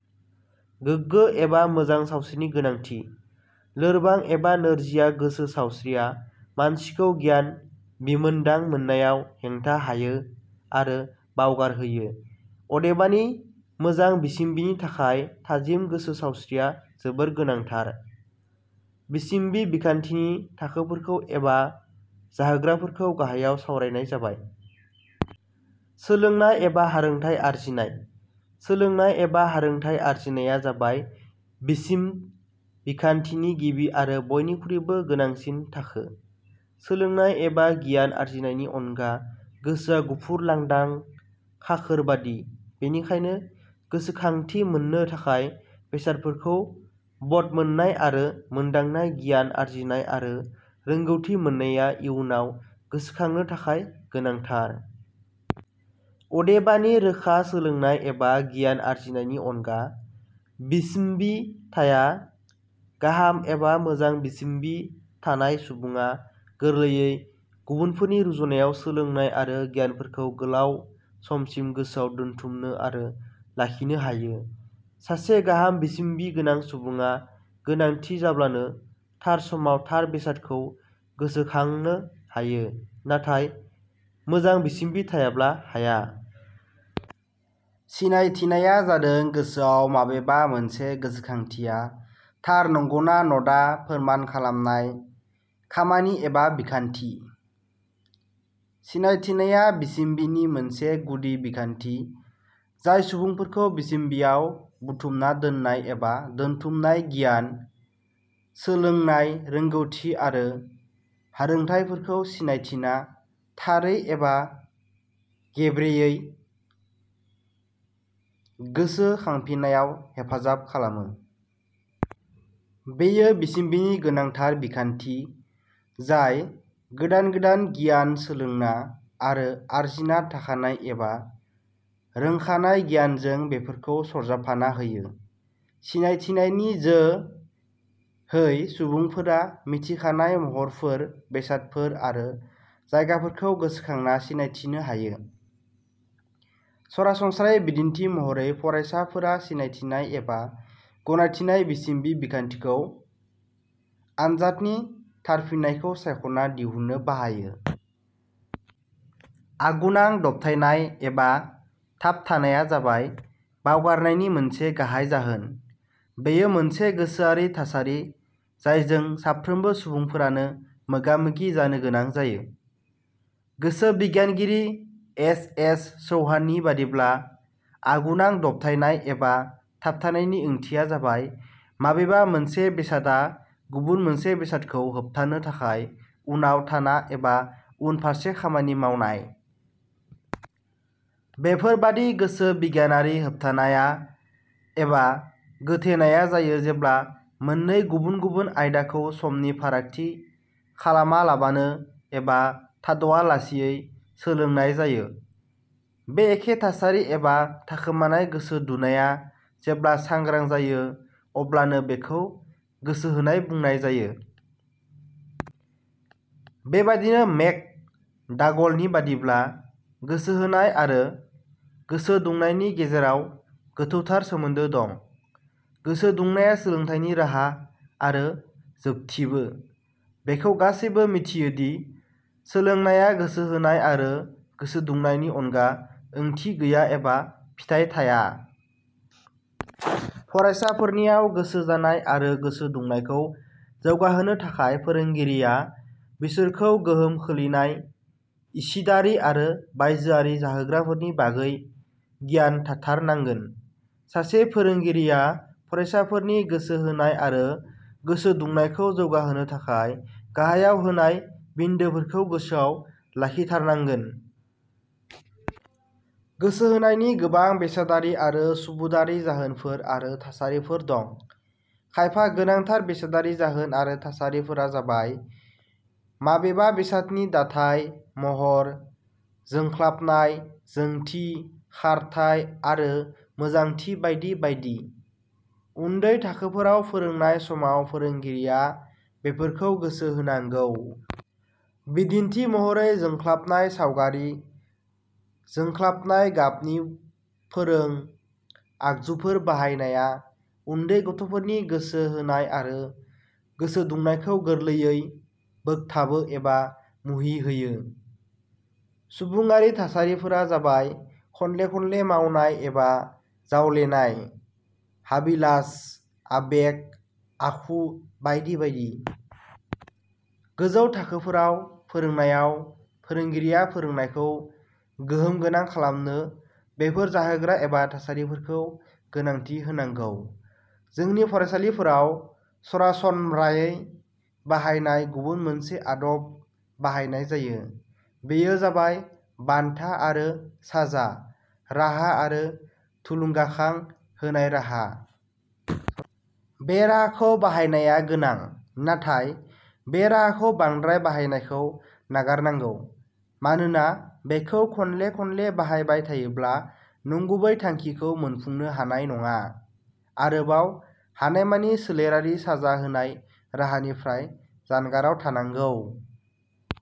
गोगो एबा मोजां सावस्रिनि गोनांथि: लोरबां एबा नोरजिया गोसो सावस्रिया मानसिखौ गियान बिमोनदां मोननायाव हेंथा हायो आरो बावगार होयो। अदेबानि मोजां बिसम्बिनि थाखाय थाजिम गोसो सावस्रिया जोबोर गोनांथार।: बिसम्बि बिखान्थिनि थाखोफोरखौ एबा जाहोग्राफोरखौ गाहायाव सावरायनाय जाबायः. सोलोंनाय एबा हारोंथाइ आरजिनाय: सोलोंनाय एबा हारोंथाइ आरजिनाया जाबाय बिसम्ब बिखान्थिनि गिबि आरो बयनिखुइबो गोनांसिन थाखो। सोलोंनाय एबा गियान आरजिनायनि अनगा गोसोआ गुफुर लांदां खाखोर बादि। बेनिखायनो गोसोखांथि मोननो थाखाय बेसादफोरखौ बदमोननाय आरो मोनदांनाय गियान आरजिनाय आरो रोंगौथि मोननाया इयुनाव गोसोखांनो थाखाय गोनांथार। अदेबानि रोखा सोलोंनाय एबा गियान आरजिनायनि अनगा बिसम्बि थाया। गाहाम एबा मोजां बिसम्बि थानाय सुबुङा गोरलैयै गुबुनफोरनि रुजुनायाव सोलोंनाय आरो गियानफोरखौ गोलाउ समसिम गोसोआव दोनथुमनो आरो लाखिनो हायो। सासे गाहाम बिसम्बि गोनां सुबुङा गोनांथि जाब्लानो थार समाव थार बेसादखौ गोसो खांनो हायो नाथाय, मोजां बिसम्बि थायाब्ला हाया। सिनायथिनाया जादों गोसोआव माबेबा मोनसे गोसोखांथिया थार नंगौना नडा फोरमान खालामनाय खामानि एबा बिखान्थि। सिनायथिनाया बिसम्बिनि मोनसे गुदि बिखान्थि जाय सुबुंफोरखौ बिसम्बियाव जुथुमना दोननाय एबा दोनथुमनाय गियान, सोलोंनाय, रोंगौथि आरो हारोंथाइफोरखौ सिनायथिना थारै एबा गेर्बेयै गोसो खांफिननायाव हेफाजाब खालामो। बेयो बिसम्बिनि गोनांथार बिखान्थि जाय गोदान गोदान गियान सोलोंना आरो आरजिना थाखानाय एबा रोंखानाय गियानजों बेफोरखौ सरजाबफाना होयो। सिनायथिनायनि जो है सुबुंफोरा मिथिखानाय महरफोर, बेसादफोर आरो जायगाफोरखौ गोसोखांना सिनायथिनो हायो। सरासनस्रायै, बिदिन्थि महरै फरायसाफोरा सिनायथिनाय एबा गनायथिनाय बिसम्बि बिखान्थिखौ "" आनजादनि थारफिननायखौ सायख'ना दिहुननो बाहायो।: आगुनां दबथाइनाय एबा थाबथानाया जाबाय बावगारनायनि मोनसे गाहाइ जाहोन। बेयो मोनसे गोसोआरि थासारि जायजों साफ्रोमबो सुबुंफोरानो मोगा-मोगि जानो गोनां जायो। गोसोबिगियानगिरि एस. एस. चौहाननि बादिब्ला, 'आगुनां दबथाइनाय एबा थाबथानायनि ओंथिया जाबाय माबेबा मोनसे बेसादा गुबुन मोनसे बेसादखौ होबथानो थाखाय उनाव थाना एबा उन फारसे खामानि मावनाय। ' बेफोरबादि गोसो बिगियानारि होबथानाया एबा गोथेनाया जायो जेब्ला मोननै गुबुन-गुबुन आयदाखौ समनि फारागथि खालामालाबानो एबा थाद'आलासेयै सोलोंनाय जायो। बे एखे थासारि एबा थाखोमानाय गोसो दुनाया जेब्ला सांग्रां जायो अब्लानो बेखौनो गोसो होनाय बुंनाय जायो। बे बादिनो मेक. डागल नि बादिब्ला गोसो होनाय आरो गोसो दुंनायनि गेजेराव गोथौथार सोमोन्दो दं। "गोसो दुंनाया सोलोंथाइनि राहा आरो जोबथिबो": बेखौ गासैबो मिथियोदि सोलोंनाया गोसो होनाय आरो गोसो दुंनायनि अनगा ओंथि गैया एबा फिथाइ थाया। फरायसाफोरनियाव गोसो जानाय आरो गोसो दुंनायखौ जौगाहोनो थाखाय फोरोंगिरिया बिसोरखौ गोहोम खोलैनाय इसिडारि आरो बायजोआरि जाहोग्राफोरनि बागै गियान थाथार नांगोन। सासे फोरोंगिरिया फरायसाफोरनि गोसो होनाय आरो गोसो दुंनायखौ जौगाहोनो थाखाय गाहायाव होनाय बिन्दोफोरखौ गोसोआव लाखिथारनांगोनः. गोसो होनायनि गोबां बेसादारि आरो सुबुडारि जाहोनफोर आरो थासारिफोर दं। खायफा गोनांथार बेसादारि जाहोन आरो थासारिफोरा जाबाय- माबेबा बेसादनि दाथाइ, महर, जोंख्लाबनाय, जोंथि, खारथाइ आरो मोजांथि बायदि बायदि। उन्दै थाखोफोराव फोरोंनाय समाव फोरोंगिरिया बेफोरखौ गोसो होनांगौ। बिदिन्थि महरै जोंख्लाबनाय सावगारि, जोंख्लाबनाय गाबनि फोरों आगजुफोर बाहायनाया उन्दै गथ'फोरनि गोसो होनाय आरो गोसो दुंनायखौ गोरलैयै बोगथाबो एबा मुहि होयो। सुबुङारि थासारिफोरा जाबाय- खनले खनले मावनाय एबा जावलेनाय, हाबिलास, आबेग, आखु बायदि बायदि। गोजौ थाखोफोराव फोरोंनायाव फोरोंगिरिया फोरोंनायखौ गोहोम गोनां खालामनो बेफोर जाहोग्रा एबा थासारिफोरखौ गोनांथि होनांगौ।. जोंनि फरायसालिफोराव सरासनम्रायै बाहायनाय गुबुन मोनसे आदब बाहायनाय जायो, बेयो जाबाय "बान्था आरो साजा" राहा आरो" थुलुंगाखां होनाय" राहा। बे राहाखौ बाहायनाया गोनां, नाथाइ बे राहाखौ बांद्राय बाहायनायखौ नागार नांगौ। मानोना बेखौ खनले खनले बाहायबाय थायोब्ला नंगुबै थांखिखौ मोनफुंनो हानाय नङा। आरोबाव हानायमानि सोलेरारि साजा होनाय राहानिफ्राय जानगाराव थानांगौ.